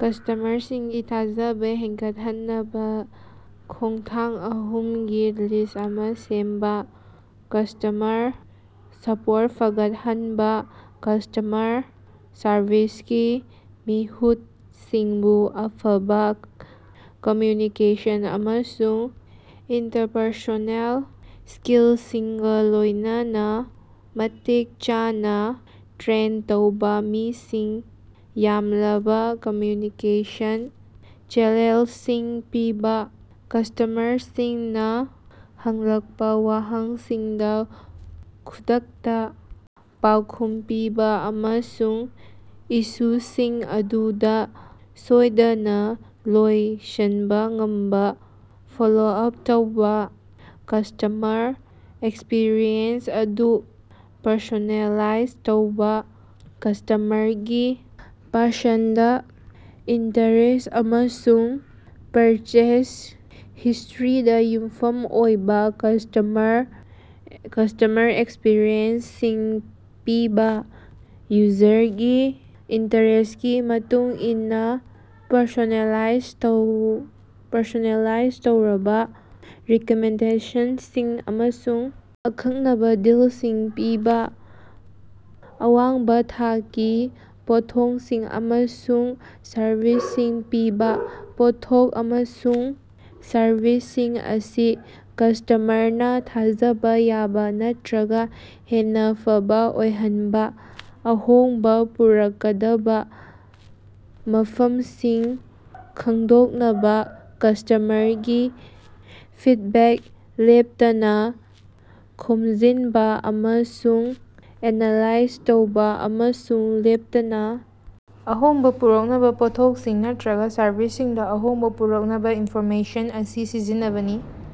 ꯀꯁ꯭ꯇꯃꯔꯁꯤꯡꯒꯤ ꯊꯥꯖꯕ ꯍꯦꯟꯒꯠꯍꯟꯅꯕ ꯈꯣꯡꯊꯥꯡ ꯑꯍꯨꯝꯒꯤ ꯂꯤꯁ꯭ꯠ ꯑꯃ ꯁꯦꯝꯕ꯫ ꯀꯁ꯭ꯇꯃꯔ ꯁꯄꯣꯔꯠ ꯐꯒꯠꯍꯟꯕ: ꯀꯁ꯭ꯇꯃꯔ ꯁꯔꯚꯤꯁꯀꯤ ꯃꯤꯍꯨꯠꯁꯤꯡꯕꯨ ꯑꯐꯕ ꯀꯝꯃ꯭ꯌꯨꯅꯤꯀꯦꯁꯟ ꯑꯃꯁꯨꯡ ꯏꯟꯇꯔꯄꯔꯁꯣꯅꯦꯜ ꯁ꯭ꯀꯤꯜꯁꯤꯡꯒ ꯂꯣꯏꯅꯅ ꯃꯇꯤꯛ ꯆꯥꯅꯥ ꯇ꯭ꯔꯦꯟ ꯇꯧꯕ ꯃꯁꯤꯡ ꯌꯥꯝꯂꯕ ꯀꯝꯃ꯭ꯌꯨꯅꯤꯀꯦꯁꯟ ꯆꯦꯅꯦꯜꯁꯤꯡ ꯄꯤꯕ, ꯀꯁ꯭ꯇꯃꯔꯁꯤꯡꯅ ꯍꯪꯂꯛꯄ ꯋꯥꯍꯪꯁꯤꯡꯗ ꯈꯨꯗꯛꯇ ꯄꯥꯎꯈꯨꯝ ꯄꯤꯕ, ꯑꯃꯁꯨꯡ ꯏꯁꯨꯁꯤꯡ ꯑꯗꯨ ꯁꯣꯏꯗꯅ ꯂꯣꯏꯁꯤꯟꯕ ꯉꯝꯅꯕ ꯐꯣꯂꯣ-ꯑꯞ ꯇꯧꯕ꯫ ꯀꯁ꯭ꯇꯃꯔ ꯑꯦꯛꯁꯄꯤꯔꯤꯑꯦꯟꯁ ꯑꯗꯨ ꯄꯔꯁꯣꯅꯦꯂꯥꯏꯖ ꯇꯧꯕ: ꯀꯁ꯭ꯇꯃꯔꯒꯤ ꯄꯁꯟꯗ, ꯏꯟꯇꯔꯦꯁ꯭ꯠ ꯑꯃꯁꯨꯡ ꯄꯔꯆꯦꯖ ꯍꯤꯁ꯭ꯇꯔꯤꯗ ꯌꯨꯝꯐꯝ ꯑꯣꯏꯕ ꯀꯁ꯭ꯇꯃꯔ ꯑꯦꯛꯁꯄꯤꯔꯤꯑꯦꯟꯁꯁꯤꯡ ꯄꯤꯕ꯫ ꯌꯨꯖꯔꯒꯤ ꯏꯟꯇꯔꯦꯁ꯭ꯇꯀꯤ ꯃꯇꯨꯡꯏꯟꯅ ꯄꯔꯁꯣꯅꯦꯂꯥꯏꯖ ꯇꯧꯔꯕ ꯔꯤꯀꯃꯦꯟꯗꯦꯁꯟꯁꯤꯡ ꯑꯃꯁꯨꯡ ꯑꯈꯟꯅꯕ ꯗꯤꯜꯁꯤꯡ ꯄꯤꯕ꯫ ꯑꯋꯥꯡꯕ ꯊꯥꯛꯀꯤ ꯄꯣꯠꯊꯣꯛꯁꯤꯡ ꯑꯃꯁꯨꯡ ꯁꯔꯚꯤꯁꯁꯤꯡ ꯄꯤꯕ: ꯄꯣꯠꯊꯣꯛ ꯑꯃꯁꯨꯡ ꯁꯔꯚꯤꯁꯁꯤꯡ ꯑꯁꯤ ꯀꯁ꯭ꯇꯃꯔꯅ ꯊꯥꯖꯕ ꯌꯥꯕ ꯅꯠꯇ꯭ꯔꯒ ꯍꯦꯟꯅ ꯐꯕ ꯑꯣꯏꯍꯟꯕ꯫ ꯑꯍꯣꯡꯕ ꯄꯨꯔꯛꯀꯗꯕ ꯃꯐꯝꯁꯤꯡ ꯈꯪꯗꯣꯛꯅꯕ ꯀꯁ꯭ꯇꯃꯔꯒꯤ ꯐꯤꯗꯕꯦꯛ ꯂꯦꯞꯇꯅ ꯈꯣꯝꯖꯤꯟꯕ ꯑꯃꯁꯨꯡ ꯑꯦꯅꯥꯂꯥꯏꯖ ꯇꯧꯕ ꯑꯃꯁꯨꯡ ꯂꯦꯞꯇꯅ ꯑꯍꯣꯡꯕ ꯄꯨꯔꯛꯅꯕ ꯄꯣꯠꯊꯣꯛꯁꯤꯡ ꯅꯠꯇ꯭ꯔꯒ ꯁꯔꯚꯤꯁꯁꯤꯡꯗ ꯑꯍꯣꯡꯕ ꯄꯨꯔꯛꯅꯕ ꯏꯅꯐꯣꯔꯃꯦꯁꯟ ꯑꯁꯤ ꯁꯤꯖꯤꯟꯅꯕꯅꯤ꯫